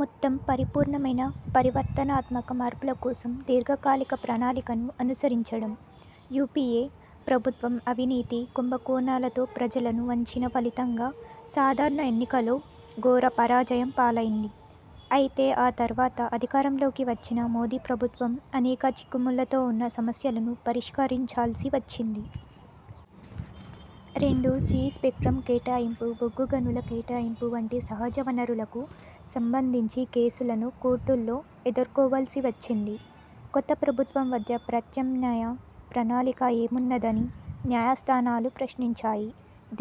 మొత్తం పరిపూర్ణమైన పరివర్తనాత్మక మార్పుల కోసం దీర్ఘకాలిక ప్రణాళికను అనుసరించడం. యుపిఏ ప్రభుత్వం అవినీతి, కుంభకోణాలతో ప్రజలను వంచిన ఫలితంగా సాధారణ ఎన్నికల్లో ఘోర పరాజయం పాలైంది. అయితే ఆ తర్వాత అధికారంలోకి వచ్చిన మోదీ ప్రభుత్వం అనేక చిక్కుముళ్లతో ఉన్న సమస్యలను పరిష్కరించాల్సి వచ్చింది. రెండు జి స్పెక్ట్రమ్ కేటాయింపు, బొగ్గుగనుల కేటాయింపు వంటి సహజ వనరులకు సంబంధించి కేసులను కోర్టుల్లో ఎదుర్కోవాల్సి వచ్చింది. కొత్త ప్రభుత్వం వద్ద ప్రత్యామ్నాయ ప్రణాళిక ఏమున్నదని న్యాయస్థానాలు ప్రశ్నించాయి.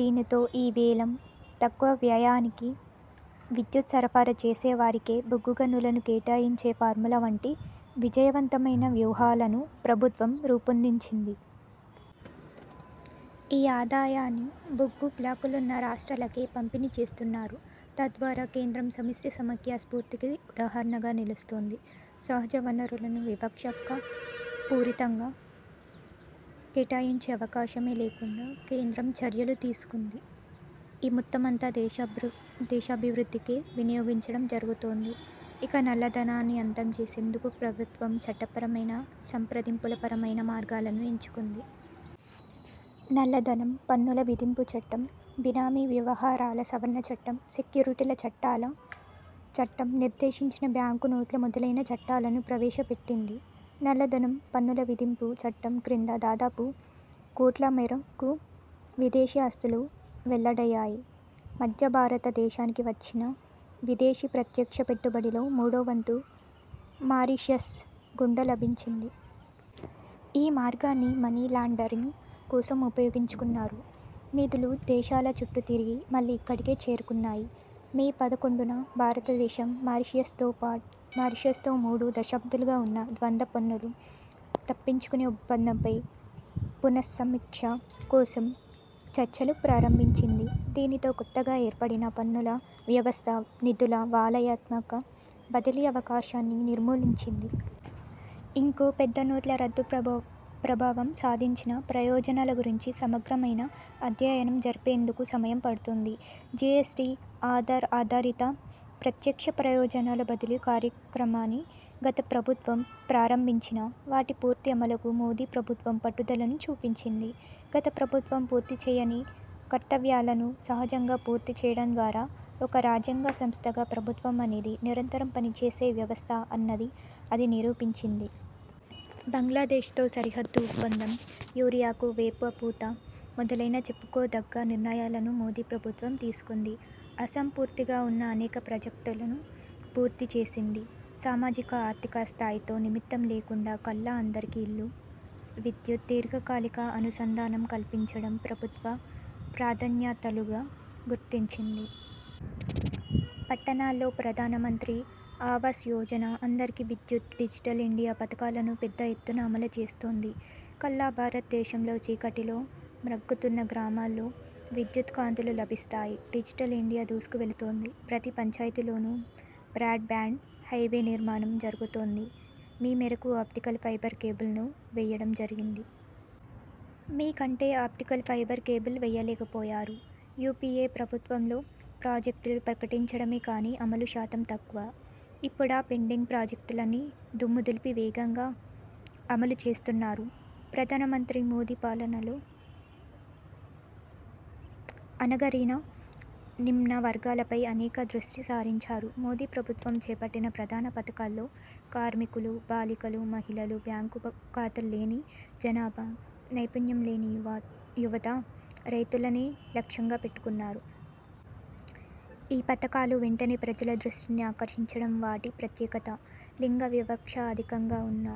దీనితో ఈ-వేలం, తక్కువ వ్యయానికి విద్యుత్ సరఫరా చేసే వారికే బొగ్గు గనులను కేటాయించే ఫార్ములా వంటి విజయవంతమైన వ్యూహాలను ప్రభుత్వం రూపొందించింది. ఈ ఆదాయాన్ని బొగ్గు బ్లాకులున్న రాష్ట్రాలకే పంపిణీ చేస్తున్నారు. తద్వారా కేంద్రం సమిష్టి సమాఖ్య స్ఫూర్తికి ఉదాహరణగా నిలుస్తోంది. సహజ వనరులను వివక్షాకాపూరితంగా కేటాయించే అవకాశమే లేకుండా కేంద్రం చర్యలు తీసుకుంది. ఈ మొత్తమంతా దేశాభివృ దేశాభివృద్దికే వినియోగించడం జరుగుతోంది. ఇక నల్లధనాన్ని అంతం చేసేందుకు ప్రభుత్వం చట్టపరమైన, సంప్రదింపుల పరమైన మార్గాలను ఎంచుకుంది. నల్లధనం, పన్నుల విధింపు చట్టం, బినామీ వ్యవహారాల సవరణ చట్టం, సెక్యూరిటీల చట్టాల చట్టం, నిర్దేశించిన బ్యాంకు నోట్ల మొదలైన చట్టాలను ప్రవేశపెట్టింది. నల్లధనం, పన్నుల విధింపు చట్టం క్రింద దాదాపు రూ. కోట్ల మేరకు విదేశీ ఆస్తులు వెల్లడయ్యాయి. మధ్య భారత దేశానికి వచ్చిన విదేశీ ప్రత్యక్ష పెట్టుబడిలో మూడో వంతు మారిషస్ గుండా లభించింది. ఈ మార్గాన్ని మనీ లాండరింగ్ కోసం ఉపయోగించుకున్నారు. నిధులు దేశాల చుట్టూ తిరిగి మళ్లీ ఇక్కడికే చేరుకున్నాయి. మే పదకొండున భారత దేశం మరిశాస్ తోపాటు మారిషస్ తో మూడు దశాబ్దాలుగా ఉన్న ద్వంద్వ పన్నులు తప్పించుకునే ఒప్పందంపై పునస్సమీక్ష కోసం చర్చలు ప్రారంభించింది. దీనితో కొత్తగా ఏర్పడిన పన్నుల వ్యవస్థ నిధుల వలయాత్మక బదిలీ అవకాశాన్ని నిర్మూలించింది. ఇక పెద్ద నోట్ల రద్దు ప్రభావం సాధించిన ప్రయోజనాల గురించి సమగ్ర మైన అధ్యయనం జరిపేందుకు సమయం పడుతుంది. జీఎస్టీ, ఆధార్ ఆధారిత ప్రత్యక్ష ప్రయోజనాల బదిలీ కార్యక్రమాన్ని గత ప్రభుత్వం ప్రారంభించినా, వాటి పూర్తి అమలుకు మోదీ ప్రభుత్వం పట్టుదలను చూపించింది. గత ప్రభుత్వం పూర్తి చేయని కర్తవ్యాలను సహజంగా పూర్తిచేయడం ద్వారా ఒక రాజ్యాంగ సంస్థగా ప్రభుత్వం అనేది నిరంతరం పనిచేసే వ్యవస్థ అన్నది అది నిరూపించింది. బంగ్లాదేశ్ తో సరిహద్దు ఒప్పందం, యూరియాకు వేపపూత మొదలైన చెప్పుకోదగ్గ నిర్ణయాలను మోదీ ప్రభుత్వం తీసుకుంది. అసంపూర్తిగా ఉన్న అనేక ప్రాజెక్టులను పూర్తి చేసింది. సామాజిక, ఆర్థిక స్థాయితో నిమిత్తం లేకుండా కల్లా అందరికీఇళ్ళు, విద్యుత్, దీర్ఘకాలిక అనుసంధానం కల్పించడం ప్రభుత్వ ప్రాధాన్యతలుగా గుర్తించింది. పట్టణాల్లో ప్రధానమంత్రి ఆవాస్ యోజన, అందరికీ విద్యుత్, డిజిటల్ ఇండియా పథకాలను పెద్ద ఎత్తున అమలు చేస్తోంది. కల్లా భారత దేశంలో చీకటిలో మ్రగ్గుతున్న గ్రామాల్లో విద్యుత్ కాంతులు లభిస్తాయి. డిజిటల్ ఇండియా దూసుకువెళుతోంది. ప్రతి పంచాయతీలోనూ బ్రాడ్ బ్యాండ్ హైవే నిర్మాణం జరుగుతోంది. మీ మేరకు ఆప్టికల్ ఫైబర్ కేబుల్ ను వేయడం జరిగింది. మీ కంటే ఆప్టికల్ ఫైబర్ కేబుల్ వేయలేకపోయారు. యుపిఏ ప్రభుత్వంలో ప్రాజెక్టులు ప్రకటించడమే కాని అమలు శాతం తక్కువ. ఇప్పుడా పెండింగ్ ప్రాజెక్టులన్నీ దుమ్ము దులిపి వేగంగా అమలు చేస్తున్నారు. ప్రధానమంత్రి మోదీ పాలనలో అణగారిన, నిమ్న వర్గాలపై అనేక దృష్టి సారించారు. మోదీ ప్రభుత్వం చేపట్టిన ప్రధాన పథకాల్లో కార్మికులు, బాలికలు, మహిళలు, బ్యాంకు ఖాతాలు లేని జనాభా, నైపుణ్యం లేని యువ యువత, రైతులనే లక్ష్యంగా పెట్టుకున్నారు. ఈ పథకాలు వెంటనే ప్రజల దృష్టిని ఆకర్షించడం వాటి ప్రత్యేకత. లింగ వివక్ష అధికంగా ఉన్న